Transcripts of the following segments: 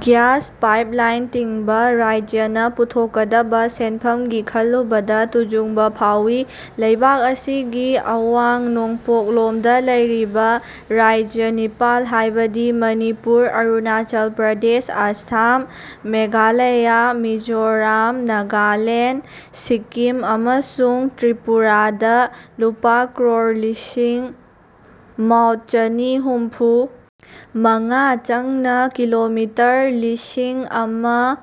Gas pipeline ꯇꯤꯡꯕ ꯔꯥꯢꯖꯅ ꯄꯨꯊꯣꯛꯀꯗꯕ ꯁꯦꯟꯐꯝꯒꯤ ꯈꯜꯂꯨꯕꯗ ꯇꯨꯖꯨꯡꯕ ꯐꯥꯎꯏ ꯂꯩꯕꯥꯛ ꯑꯁꯤꯒꯤ ꯑꯋꯥꯡ ꯅꯣꯡꯄꯣꯛꯂꯣꯝꯗ ꯂꯩꯔꯤꯕ ꯔꯥꯢꯖ ꯅꯤꯄꯥꯜ ꯍꯥꯏꯕꯗꯤ ꯃꯅꯤꯄꯨꯔ, ꯑꯔꯨꯅꯥꯆꯜ ꯄ꯭ꯔꯗꯦꯁ, ꯑꯁꯥꯝ, ꯃꯦꯘꯥꯂꯌꯥ, ꯃꯤꯖꯣꯔꯥꯝ, ꯅꯥꯒꯥꯂꯦꯟꯗ, ꯁꯤꯛꯀꯤꯝ ꯑꯃꯁꯨꯡ ꯇ꯭ꯔꯤꯄꯨꯔꯥꯗ ꯂꯨꯄꯥ ꯀ꯭ꯔꯣꯔ ꯂꯤꯁꯤꯡ ꯃꯥꯎꯠ ꯆꯅꯤ ꯍꯨꯝꯐꯨ ꯃꯉꯥ ꯆꯪꯅ ꯀꯤꯂꯣꯃꯤꯇꯔ ꯂꯤꯁꯤꯡ ꯑꯃꯥ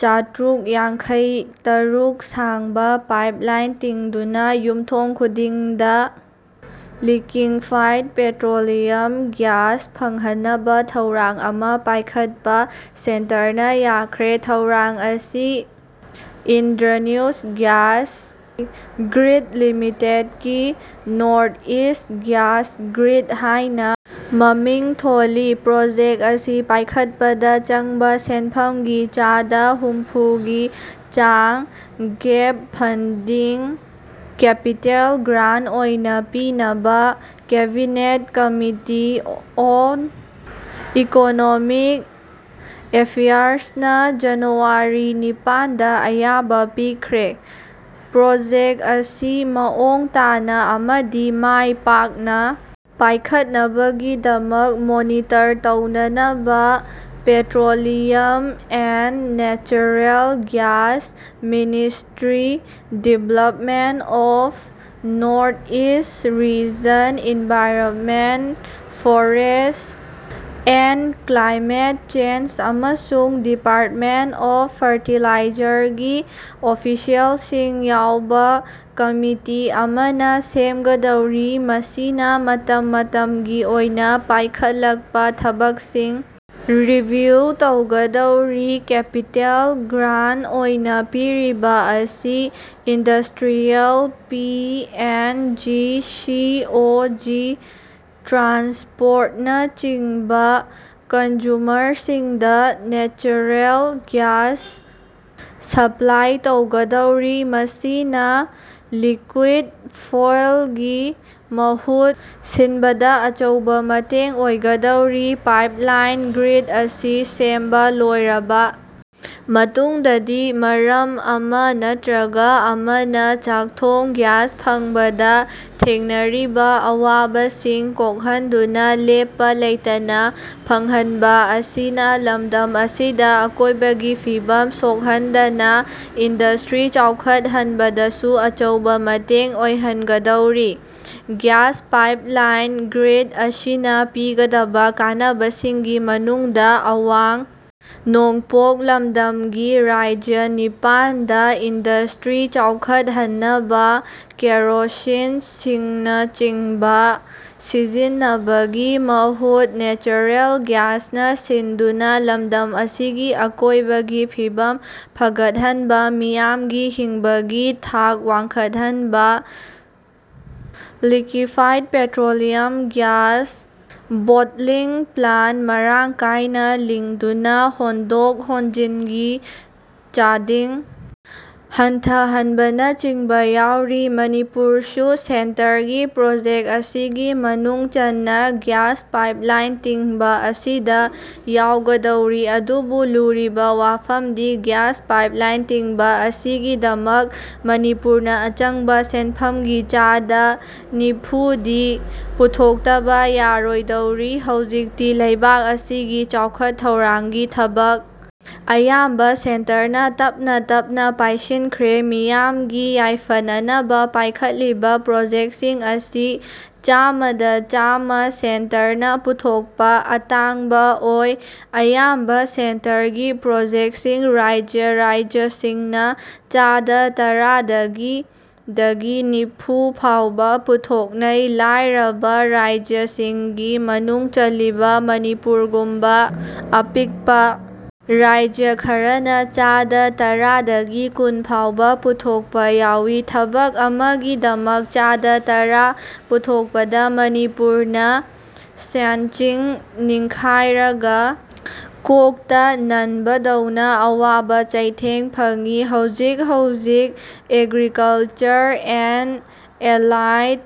ꯆꯥꯇ꯭ꯔꯨꯛ ꯌꯥꯡꯈꯩ ꯇꯔꯨꯛ ꯁꯥꯡꯕ ꯄꯥꯏꯞꯂꯥꯏꯟ ꯇꯤꯡꯗꯨꯅ ꯌꯨꯝꯊꯣꯡ ꯈꯨꯗꯤꯡꯗ ꯂꯤꯀ꯭ꯋꯤꯐꯥꯢꯗ ꯄꯦꯇ꯭ꯔꯣꯂꯤꯌꯝ ꯒꯤꯌꯥꯁ ꯐꯪꯍꯟꯅꯕ ꯊꯧꯔꯥꯡ ꯑꯃ ꯄꯥꯏꯈꯠꯄ ꯁꯦꯟꯇꯔꯅ ꯌꯥꯈ꯭ꯔꯦ꯫ ꯊꯧꯔꯥꯡ ꯑꯁꯤ ꯏꯟꯗ꯭ꯔꯅꯨꯁ ꯒ꯭ꯌꯥꯁ ꯒ꯭ꯔꯤꯗ ꯂꯤꯃꯤꯇꯦꯗꯀꯤ ꯅꯣꯔꯊ ꯏꯁꯠ ꯒ꯭ꯌꯥꯁ ꯒ꯭ꯔꯤꯗ ꯍꯥꯏꯅ ꯃꯃꯤꯡ ꯊꯣꯜꯂꯤ꯫ ꯄ꯭ꯔꯣꯖꯦꯛꯠ ꯑꯁꯤ ꯄꯥꯏꯈꯠꯄꯗ ꯆꯪꯕ ꯁꯦꯟꯐꯝꯒꯤ ꯆꯥꯗ ꯍꯨꯝꯐꯩ ꯒꯤ ꯆꯥꯡ ꯒꯦꯞ ꯐꯟꯗꯤꯡ ꯀꯦꯄꯤꯇꯦꯜ ꯒ꯭ꯔꯥꯟ ꯑꯣꯏꯅ ꯄꯤꯅꯕ ꯀꯦꯕꯤꯅꯦꯠ ꯀꯝꯃꯤꯇꯤ ꯑꯣꯟ ꯏꯀꯣꯅꯣꯃꯤꯛ ꯑꯦꯐꯤꯌꯥꯔꯁꯅ ꯖꯥꯅꯨꯋꯥꯔꯤ ꯅꯤꯄꯥꯟꯗ ꯑꯌꯥꯕ ꯄꯤꯈ꯭ꯔꯦ꯫ ꯄ꯭ꯔꯣꯖꯦꯛꯠ ꯑꯁꯤ ꯃꯑꯣꯡ ꯇꯥꯅ ꯑꯃꯗꯤ ꯃꯥꯏ ꯄꯥꯛꯅ ꯀꯥꯏꯈꯠꯅꯕꯒꯤꯗꯃꯛ ꯃꯣꯅꯤꯇꯔ ꯇꯧꯅꯅꯕ petroleum and natural gas ministry, development of north east region environment, forest and climate change ꯑꯃꯁꯨꯡ ꯗꯤꯄꯥꯔꯠꯃꯦꯟꯠ ꯑꯣꯐ ꯐꯔꯇꯤꯂꯥꯏꯖꯔꯒꯤ ꯑꯣꯐꯤꯁꯤꯌꯦꯜꯁꯤꯡ ꯌꯥꯎꯕ ꯀꯝꯃꯤꯇꯤ ꯑꯃꯅ ꯁꯦꯝꯒꯗꯧꯔꯤ꯫ ꯃꯁꯤꯅ ꯃꯇꯝ ꯃꯇꯝꯒꯤ ꯑꯣꯏꯅ ꯄꯥꯏꯈꯠꯂꯛꯄ ꯊꯕꯛꯁꯤꯡ ꯔꯤꯚꯤꯌꯨ ꯇꯧꯒꯗꯧꯔꯤ꯫ ꯀꯦꯄꯤꯇꯦꯜ ꯒ꯭ꯔꯥꯟ ꯑꯣꯏꯅ ꯄꯤꯔꯤꯕ ꯑꯁꯤꯅ ꯏꯟꯗꯁ꯭ꯇ꯭ꯔꯤꯌꯦꯜ ꯄꯤ ꯑꯦꯟ ꯖꯤ, ꯁꯤ ꯑꯣ ꯖꯤ ꯇ꯭ꯔꯥꯟꯁꯄꯣꯔꯠꯅꯆꯤꯡꯕ ꯀꯟꯖꯨꯃꯔꯁꯤꯡꯗ ꯅꯦꯆꯔꯦꯜ ꯒ꯭ꯌꯥꯁ ꯁꯄ꯭ꯂꯥꯏ ꯇꯧꯒꯗꯧꯔꯤ꯫ ꯃꯁꯤꯅ ꯂꯤꯀ꯭ꯋꯨꯏꯗ ꯐꯣꯏꯜꯒꯤ ꯃꯍꯨꯠ ꯁꯤꯟꯕꯗ ꯑꯆꯧꯕ ꯃꯇꯦꯡ ꯑꯣꯏꯒꯗꯧꯔꯤ꯫ ꯄꯥꯏꯞꯂꯥꯏꯟ ꯒ꯭ꯔꯤꯗ ꯑꯁꯤ ꯁꯦꯝꯕ ꯂꯣꯏꯔꯕ ꯃꯇꯨꯡꯗꯗꯤ ꯃꯔꯝ ꯑꯃ ꯅꯠꯇ꯭ꯔꯒ ꯑꯃꯅ ꯆꯥꯛꯊꯣꯡ ꯒ꯭ꯌꯥꯁ ꯐꯪꯕꯗ ꯊꯦꯡꯅꯔꯤꯕ ꯑꯋꯥꯕꯁꯤꯡ ꯀꯣꯛꯍꯟꯗꯨꯅ ꯂꯦꯞꯄ ꯂꯩꯇꯅ ꯐꯪꯍꯟꯕ ꯑꯁꯤꯅ ꯂꯝꯗꯝ ꯑꯁꯤꯗ ꯑꯀꯣꯏꯕꯒꯤ ꯐꯤꯚꯝ ꯁꯣꯛꯍꯟꯗꯅ ꯏꯟꯗꯁꯇ꯭ꯔꯤ ꯆꯥꯎꯈꯠꯍꯟꯕꯗꯁꯨ ꯑꯆꯧꯕ ꯃꯇꯦꯡ ꯑꯣꯏꯍꯟꯒꯗꯧꯔꯤ꯫ ꯒ꯭ꯌꯥꯁ ꯄꯥꯏꯞꯂꯥꯏꯟ ꯒ꯭ꯔꯤꯗ ꯑꯁꯤꯅ ꯄꯤꯒꯗꯕ ꯀꯥꯟꯅꯕꯁꯤꯡꯒꯤ ꯃꯅꯨꯡꯗ ꯑꯋꯥꯡ ꯅꯣꯡꯄꯣꯛ ꯂꯝꯗꯝꯒꯤ ꯔꯥꯢꯖ ꯅꯤꯄꯥꯟꯗ ꯏꯟꯗꯁꯇ꯭ꯔꯤ ꯆꯥꯎꯈꯠꯍꯟꯅꯕ ꯀꯦꯔꯣꯁꯤꯅ, ꯁꯤꯡꯅꯆꯤꯡꯕ ꯁꯤꯖꯤꯟꯅꯕꯒꯤ ꯃꯍꯨꯠ ꯅꯦꯆꯔꯦꯜ ꯒ꯭ꯌꯥꯁꯅ ꯁꯤꯟꯗꯨꯅ ꯂꯝꯗꯝ ꯑꯁꯤꯒꯤ ꯑꯀꯣꯏꯕꯒꯤ ꯐꯤꯚꯝ ꯐꯒꯠꯍꯟꯕ, ꯃꯤꯌꯥꯝꯒꯤ ꯍꯤꯡꯕꯒꯤ ꯊꯥꯛ ꯋꯥꯡꯈꯠꯍꯟꯕ, liquefied petroleum gas bottling plant ꯃꯔꯥꯡ ꯀꯥꯏꯅ ꯂꯤꯡꯗꯨꯅ ꯍꯣꯟꯗꯣꯛ ꯍꯣꯟꯖꯤꯟꯒꯤ ꯆꯥꯗꯤꯡ ꯍꯟꯊꯍꯟꯕꯅꯆꯤꯡꯕ ꯌꯥꯎꯔꯤ꯫ ꯃꯅꯤꯄꯨꯔꯁꯨ ꯁꯦꯟꯇꯔꯒꯤ ꯄ꯭ꯔꯣꯖꯦꯛ ꯑꯁꯤꯒꯤ ꯃꯅꯨꯡ ꯆꯟꯅ ꯒ꯭ꯌꯥꯁ ꯄꯥꯏꯞꯂꯥꯏꯟ ꯇꯤꯡꯕ ꯑꯁꯤꯗ ꯌꯥꯎꯒꯗꯧꯔꯤ꯫ ꯑꯗꯨꯕꯨ ꯂꯨꯔꯤꯕ ꯋꯥꯐꯝꯗꯤ ꯒ꯭ꯌꯥꯁ ꯄꯥꯏꯞꯂꯥꯏꯟ ꯇꯤꯡꯕ ꯑꯁꯤꯒꯤꯗꯃꯛ ꯃꯅꯤꯄꯨꯔꯅ ꯑꯆꯪꯕ ꯁꯦꯟꯐꯝꯒꯤ ꯆꯥꯗ ꯅꯤꯐꯩꯗꯤ ꯄꯨꯊꯣꯛꯇꯕ ꯌꯥꯔꯣꯏꯗꯧꯔꯤ꯫ ꯍꯧꯖꯤꯛꯇꯤ ꯂꯩꯕꯥꯛ ꯑꯁꯤꯒꯤ ꯆꯥꯎꯈꯠ ꯊꯧꯔꯥꯡꯒꯤ ꯊꯕꯛ ꯑꯌꯥꯝꯕ ꯁꯦꯟꯇꯔꯅ ꯇꯞꯅ ꯇꯞꯅ ꯄꯥꯏꯁꯤꯟꯈ꯭ꯔꯦ꯫ ꯃꯤꯌꯥꯝꯒꯤ ꯌꯥꯏꯐꯅꯅꯕ ꯄꯥꯏꯈꯠꯂꯤꯕ ꯄ꯭ꯔꯣꯖꯦꯛꯁꯤꯡ ꯑꯁꯤ ꯆꯥꯃꯗ ꯆꯥꯝꯃ ꯁꯦꯟꯇꯔꯅ ꯄꯨꯊꯣꯛꯄ ꯑꯇꯥꯡꯕ ꯑꯣꯏ꯫ ꯑꯌꯥꯝꯕ ꯁꯦꯟꯇꯔꯒꯤ ꯄ꯭ꯔꯣꯖꯦꯛꯁꯤꯡ ꯔꯥꯢꯖ ꯔꯥꯢꯖꯁꯤꯡꯅ ꯆꯥꯗ ꯇꯔꯥꯗꯒꯤ ꯗꯒꯤ ꯅꯤꯐꯨ ꯐꯥꯎꯕ ꯄꯨꯊꯣꯛꯅꯩ꯫ ꯂꯥꯏꯔꯕ ꯔꯥꯢꯖꯁꯤꯡꯒꯤ ꯃꯅꯨꯡ ꯆꯜꯂꯤꯕ ꯃꯅꯤꯄꯨꯔꯒꯨꯝꯕ ꯑꯄꯤꯛꯄ ꯔꯥꯢꯖ ꯈꯔꯅ ꯆꯥꯗ ꯇꯔꯥ ꯗꯒꯤ ꯀꯨꯟ ꯐꯥꯎꯕ ꯄꯨꯊꯣꯛꯄ ꯌꯥꯎꯏ꯫ ꯊꯕꯛ ꯑꯃꯒꯤꯗꯃꯛ ꯆꯥꯗ ꯇꯔꯥ ꯄꯨꯊꯣꯛꯄꯗ ꯃꯅꯤꯄꯨꯔꯅ ꯁꯅꯆꯤꯡ ꯅꯤꯡꯈꯥꯏꯔꯒ ꯀꯣꯛꯇ ꯅꯟꯕꯗꯧꯅ ꯑꯋꯥꯕ ꯆꯩꯊꯦꯡ ꯐꯪꯏ꯫ ꯍꯧꯖꯤꯛ ꯍꯧꯖꯤꯛ ꯑꯦꯒ꯭ꯔꯤꯀꯜꯆꯔ ꯑꯦꯟꯗ ꯑꯦꯂꯥꯏꯗ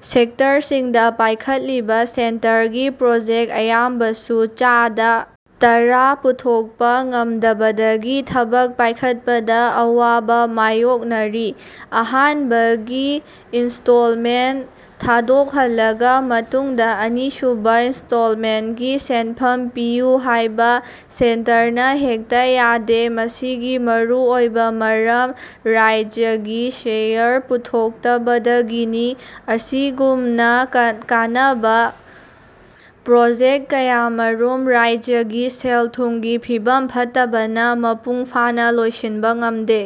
ꯁꯦꯛꯇꯔꯁꯤꯡꯗ ꯄꯥꯏꯈꯠꯂꯤꯕ ꯁꯦꯟꯇꯔꯒꯤ ꯄ꯭ꯔꯣꯖꯦꯛ ꯑꯌꯥꯝꯕꯁꯨ ꯆꯥꯗ ꯇꯔꯥ ꯄꯨꯊꯣꯛꯄ ꯉꯝꯗꯕꯗꯒꯤ ꯊꯕꯛ ꯄꯥꯏꯈꯠꯄꯗ ꯑꯋꯥꯕ ꯃꯥꯌꯣꯛꯅꯔꯤ꯫ ꯑꯍꯥꯟꯕꯒꯤ ꯏꯟꯁꯇꯣꯜꯃꯦꯟ ꯊꯥꯗꯣꯛꯍꯜꯂꯕ ꯃꯇꯨꯡꯗ ꯑꯅꯤꯁꯨꯕ ꯏꯟꯁꯇꯣꯜꯃꯦꯟꯀꯤ ꯁꯦꯟꯐꯝ ꯄꯤꯌꯨ ꯍꯥꯏꯕ ꯁꯦꯟꯇꯔꯅ ꯍꯦꯛꯇ ꯌꯥꯗꯦ꯫ ꯃꯁꯤꯒꯤ ꯃꯔꯨꯑꯣꯏꯕ ꯃꯔꯝ ꯔꯥꯢꯖꯒꯤ ꯁꯦꯌꯔ ꯄꯨꯊꯣꯛꯇꯕꯗꯒꯤꯅꯤ꯫ ꯑꯁꯤꯒꯨꯝꯅ ꯀꯥꯟꯅꯕ ꯄ꯭ꯔꯣꯖꯦꯛ ꯀꯌꯥꯃꯔꯨꯝ ꯔꯥꯢꯖꯒꯤ ꯁꯦꯜ-ꯊꯨꯝꯒꯤ ꯐꯤꯚꯝ ꯐꯠꯇꯕꯅ ꯃꯄꯨꯡ ꯐꯥꯅ ꯂꯣꯏꯁꯤꯟꯕ ꯉꯝꯗꯦ꯫